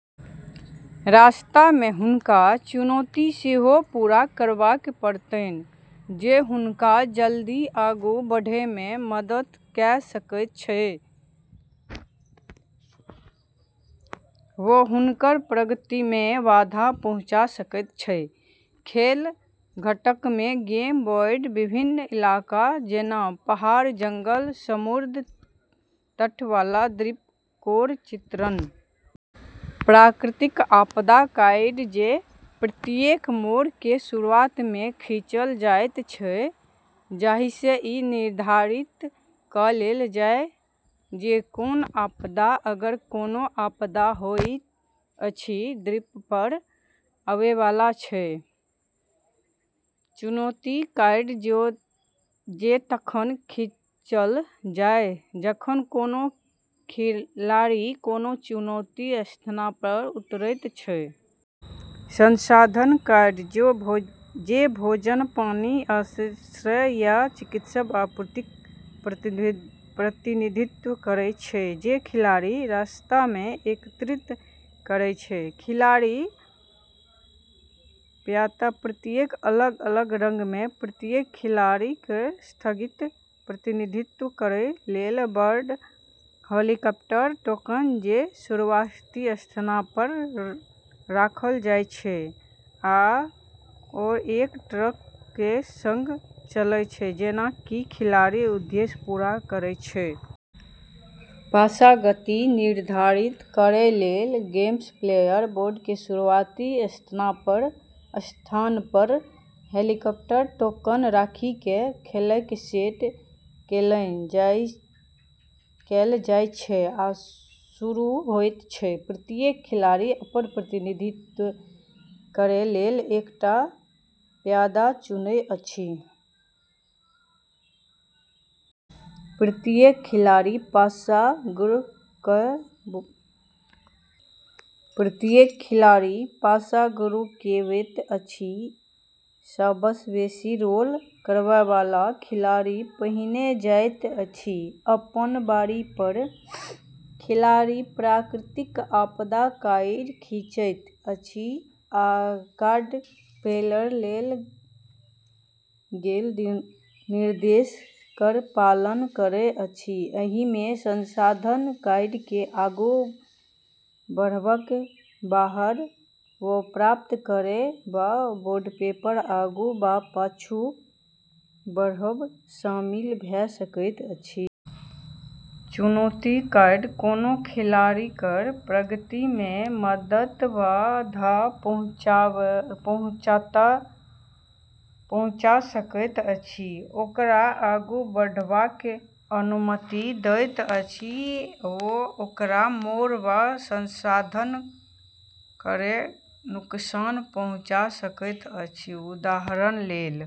रास्तामे हुनका चुनौती सेहो पूरा करबाक पड़तनि जे हुनका जल्दी आगू बढ़ैमे मदद कऽ सकैत अछि वा हुनकर प्रगतिमे बाधा पहुँचा सकैत अछि। खेल घटक गेम बोर्ड विभिन्न इलाका जेना पहाड़ जंगल समुद्र तट वाला द्वीप केर चित्रण। प्राकृतिक आपदा कार्ड जे प्रत्येक मोड़ केर शुरुआतमे खींचल जाइत छै जाहिसँ ई निर्धारित कएल जाय जे कोन आपदा अगर कोनो आपदा होइत अछि द्वीपपर आबैवाला छै। चुनौती कार्ड जे तखन खींचल जायत जखन कोनो खिलाड़ी कोनो चुनौती स्थानपर उतरैत छै। संसाधन कार्ड जे भोजन पानी आश्रय आ चिकित्सा आपूर्तिक प्रतिनिधित्व करैत छै जे खिलाड़ी रास्तामे एकत्रित करैत छै। खिलाड़ी प्यादा प्रत्येक अलग अलग रंगमे प्रत्येक खिलाड़ी केर स्थितिक प्रतिनिधित्व करै लेल। बोर्ड हेलीकॉप्टर टोकन जे शुरुआती स्थानपर रखल जाइत छै आओर एक ट्रैक केर संग चलैत छै जेना कि खिलाड़ी उद्देश्य पूरा करैत छै। पासा गति निर्धारित करै लेल। गेमप्ले बोर्ड केर शुरुआती स्थानपर हेलीकॉप्टर टोकन राखि कऽ खेलकेँ सेट कएल जाइत छै आ शुरू होइत छै। प्रत्येक खिलाड़ी अपन प्रतिनिधित्व करै लेल एकटा प्यादा चुनैत अछि। प्रत्येक खिलाड़ी पासा गुड़कबैत अछि सबसँ बेसी रोल करैवाला खिलाड़ी पहिने जाइत अछि। अपन बारीपर खिलाड़ी प्राकृतिक आपदा कार्ड खींचैत अछि आ कार्डपर देल गेल निर्देश केर पालन करैत अछि। एहिमे संसाधन कार्डकेँ आगू बढ़ब हारब वा प्राप्त करब वा बोर्डपर आगू वा पाछू बढ़ब शामिल भऽ सकैत अछि। चुनौती कार्ड कोनो खिलाड़ी केर प्रगतिमे मदद वा बाधा पहुँचा सकैत अछि ओकरा आगू बढ़बाक अनुमति दैत अछि वा ओकरा मोड़ वा संसाधन केर नुकसान पहुँचा सकैत अछि उदाहरण लेल।